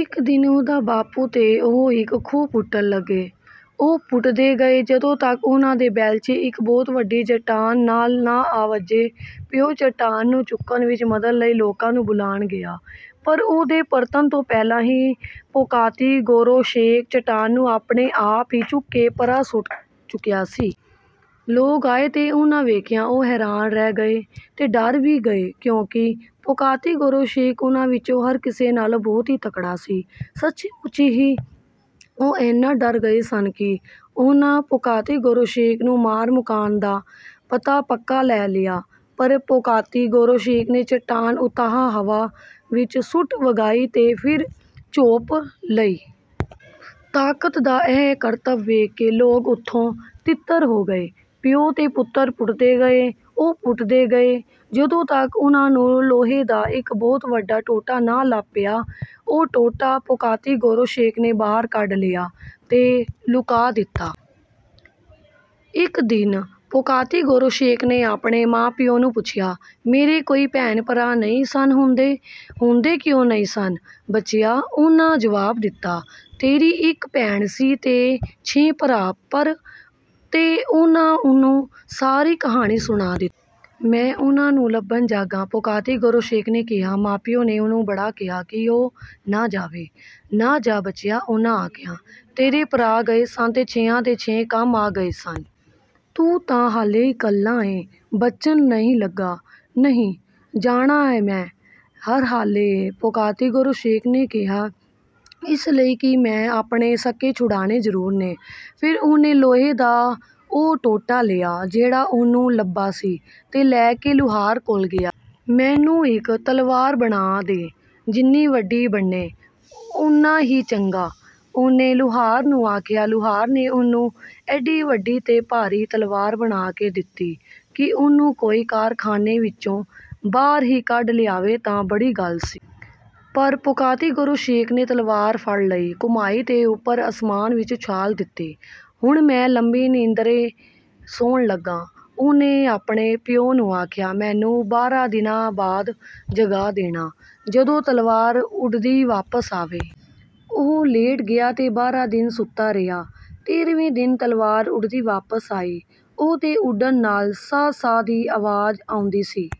ਇੱਕ ਦਿਨ ਉਹਦਾ ਬਾਪੂ ਤੇ ਉਹ ਇੱਕ ਖੂਹ ਪੁੱਟਣ ਲੱਗੇ। ਉਹ ਪੁੱਟਦੇ ਗਏ, ਜਦੋਂ ਤੱਕ ਉਹਨਾਂ ਦੇ ਬੇਲਚੇ ਇੱਕ ਬਹੁਤ ਵੱਡੀ ਚਟਾਨ ਨਾਲ ਨਾ ਆ ਵੱਜੇ। ਪਿਓ ਚਟਾਨ ਨੂੰ ਚੁੱਕਣ ਵਿੱਚ ਮਦਦ ਲਈ ਲੋਕਾਂ ਨੂੰ ਬੁਲਾਣ ਗਿਆ, ਪਰ ਉਹਦੇ ਪਰਤਣ ਤੋਂ ਪਹਿਲਾਂ ਹੀ ਪੋਕਾਤੀ-ਗੋਰੋਸ਼ੇਕ ਚਟਾਨ ਨੂੰ ਆਪਣੇ ਆਪ ਹੀ ਚੁੱਕ ਕੇ ਪਰ੍ਹਾਂ ਸੁੱਟ ਚੁੱਕਿਆ ਸੀ। ਲੋਕ ਆਏ ਤੇ ਉਹਨਾਂ ਵੇਖਿਆ। ਉਹ ਹੈਰਾਨ ਰਹਿ ਗਏ ਤੇ ਡਰ ਵੀ ਗਏ, ਕਿਉਂਕਿ ਪੋਕਾਤੀ-ਗੋਰੋਸ਼ੇਕ ਉਹਨਾਂ ਵਿੱਚੋਂ ਹਰ ਕਿਸੇ ਨਾਲੋਂ ਬਹੁਤ ਹੀ ਤਕੜਾ ਸੀ। ਸੱਚੀ-ਮੁੱਚੀ ਹੀ, ਉਹ ਐਨਾ ਡਰ ਗਏ ਸਨ ਕਿ ਉਹਨਾਂ ਪੋਕਾਤੀ-ਗੋਰੋਸ਼ੇਕ ਨੂੰ ਮਾਰ-ਮੁਕਾਣ ਦਾ ਮਤਾ ਪੱਕਾ ਲੈ ਲਿਆ ਪਰ ਪੋਕਾਤੀ-ਗੋਰੋਸ਼ੇਕ ਨੇ ਚਟਾਨ ਉਤਾਂਹ ਹਵਾ ਵਿੱਚ ਸੁੱਟ ਵਗਾਈ ਤੇ ਫਿਰ ਝੋਪ ਲਈ। ਤਾਕਤ ਦਾ ਇਹ ਕਰਤਬ ਵੇਖ ਕੇ ਲੋਕ ਓਥੋਂ ਤਿੱਤਰ ਹੋ ਗਏ। ਪਿਓ ਤੇ ਪੁੱਤਰ ਪੁੱਟਦੇ ਗਏ। ਉਹ ਪੁੱਟਦੇ ਗਏ, ਜਦੋਂ ਤੱਕ ਉਹਨਾਂ ਨੂੰ ਲੋਹੇ ਦਾ ਇੱਕ ਬਹੁਤ ਵੱਡਾ ਟੋਟਾ ਨਾ ਲੱਭ ਪਿਆ। ਉਹ ਟੋਟਾ ਪੋਕਾਤੀ-ਗੋਰੋਸ਼ੇਕ ਨੇ ਬਾਹਰ ਕੱਢ ਲਿਆ ਤੇ ਲੁਕਾ ਦਿੱਤਾ। ਇੱਕ ਦਿਨ ਪੋਕਾਤੀ-ਗੋਰੋਸ਼ੇਕ ਨੇ ਆਪਣੇ ਮਾਂ-ਪਿਉ ਨੂੰ ਪੁੱਛਿਆ, “ਮੇਰੇ ਕੋਈ ਭੈਣ-ਭਰਾ ਨਹੀਂ ਸਨ ਹੁੰਦੇ?” “ਹੁੰਦੇ ਕਿਉਂ ਨਹੀਂ ਸਨ, ਬਚਿਆ,” ਉਹਨਾਂ ਜਵਾਬ ਦਿੱਤਾ। “ਤੇਰੀ ਇੱਕ ਭੈਣ ਸੀ ਤੇ ਛੇ ਭਰਾ, ਪਰ…” ਤੇ ਉਹਨਾਂ ਉਹਨੂੰ ਸਾਰੀ ਕਹਾਣੀ ਸੁਣਾ ਦਿੱਤੀ। “ਮੈਂ ਉਹਨਾਂ ਨੂੰ ਲੱਭਣ ਜਾਂਗਾ,” ਪੋਕਾਤੀ-ਗੋਰੋਸ਼ੇਕ ਨੇ ਕਿਹਾ। ਮਾਂ-ਪਿਉ ਨੇ ਉਹਨੂੰ ਬੜਾ ਕਿਹਾ ਕਿ ਉਹ ਨਾ ਜਾਵੇ। “ਨਾ ਜਾ, ਬਚਿਆ,” ਉਹਨਾਂ ਆਖਿਆ। “ਤੇਰੇ ਭਰਾ ਗਏ ਸਨ ਤੇ ਛੇਆਂ ਦੇ ਛੇਏਂ ਕੰਮ ਆ ਗਏ ਸਨ। ਤੂੰ ਤਾਂ ਹਾਲੇ ਇਕੱਲਾ ਏਂ, ਬਚਣ ਨਹੀਂ ਲੱਗਾ।” “ਨਹੀਂ, ਜਾਣਾ ਮੈਂ ਹਰ ਹਾਲੇ ਏ,” ਪੋਕਾਤੀ-ਗੋਰੋਸ਼ੇਕ ਨੇ ਕਿਹਾ। “ਇਸ ਲਈ ਕਿ ਮੈਂ ਆਪਣੇ ਸਕੇ ਛੁਡਾਣੇ ਜ਼ਰੂਰ ਨੇ।” ਫਿਰ ਉਹਨੇ ਲੋਹੇ ਦਾ ਉਹ ਟੋਟਾ ਲਿਆ, ਜਿਹੜਾ ਉਹਨੂੰ ਲੱਭਾ ਸੀ, ਤੇ ਲੈ ਕੇ ਲੁਹਾਰ ਕੋਲ ਗਿਆ। “ਮੈਨੂੰ ਇੱਕ ਤਲਵਾਰ ਬਣਾ ਦੇ। ਜਿੰਨੀ ਵੱਡੀ ਬਣੇ, ਓਨਾ ਹੀ ਚੰਗਾ!” ਉਹਨੇ ਲੁਹਾਰ ਨੂੰ ਆਖਿਆ। ਲੁਹਾਰ ਨੇ ਉਹਨੂੰ ਐਡੀ ਵੱਡੀ ਤੇ ਭਾਰੀ ਤਲਵਾਰ ਬਣਾ ਕੇ ਦਿੱਤੀ ਕਿ ਉਹਨੂੰ ਕੋਈ ਕਾਰਖਾਨੇ ਵਿੱਚੋਂ ਬਾਹਰ ਹੀ ਕੱਢ ਲਿਆਵੇ, ਤਾਂ ਬੜੀ ਗੱਲ ਸੀ। ਪਰ ਪੋਕਾਤੀ-ਗੋਰੋਸ਼ੇਕ ਨੇ ਤਲਵਾਰ ਫੜ ਲਈ, ਘੁਮਾਈ ਤੇ ਉੱਪਰ ਅਸਮਾਨ ਵਿੱਚ ਉਛਾਲ ਦਿੱਤੀ। “ਹੁਣ ਮੈਂ ਲੰਮੀ ਨੀਂਦਰੇ ਸੌਣ ਲੱਗਾਂ,” ਉਹਨੇ ਆਪਣੇ ਪਿਉ ਨੂੰ ਆਖਿਆ। “ਮੈਨੂੰ ਬਾਰਾਂ ਦਿਨਾਂ ਬਾਅਦ ਜਗਾ ਦੇਣਾ, ਜਦੋਂ ਤਲਵਾਰ ਉੱਡਦੀ ਵਾਪਸ ਆਵੇ।” ਉਹ ਲੇਟ ਗਿਆ ਤੇ ਬਾਰਾਂ ਦਿਨ ਸੁੱਤਾ ਰਿਹਾ। ਤੇਰ੍ਹਵੇਂ ਦਿਨ ਤਲਵਾਰ ਉੱਡਦੀ ਵਾਪਸ ਆਈ। ਉਹਦੇ ਉੱਡਣ ਨਾਲ ਸਾਂ-ਸਾਂ ਦੀ ਆਵਾਜ਼ ਆਉਂਦੀ ਸੀ।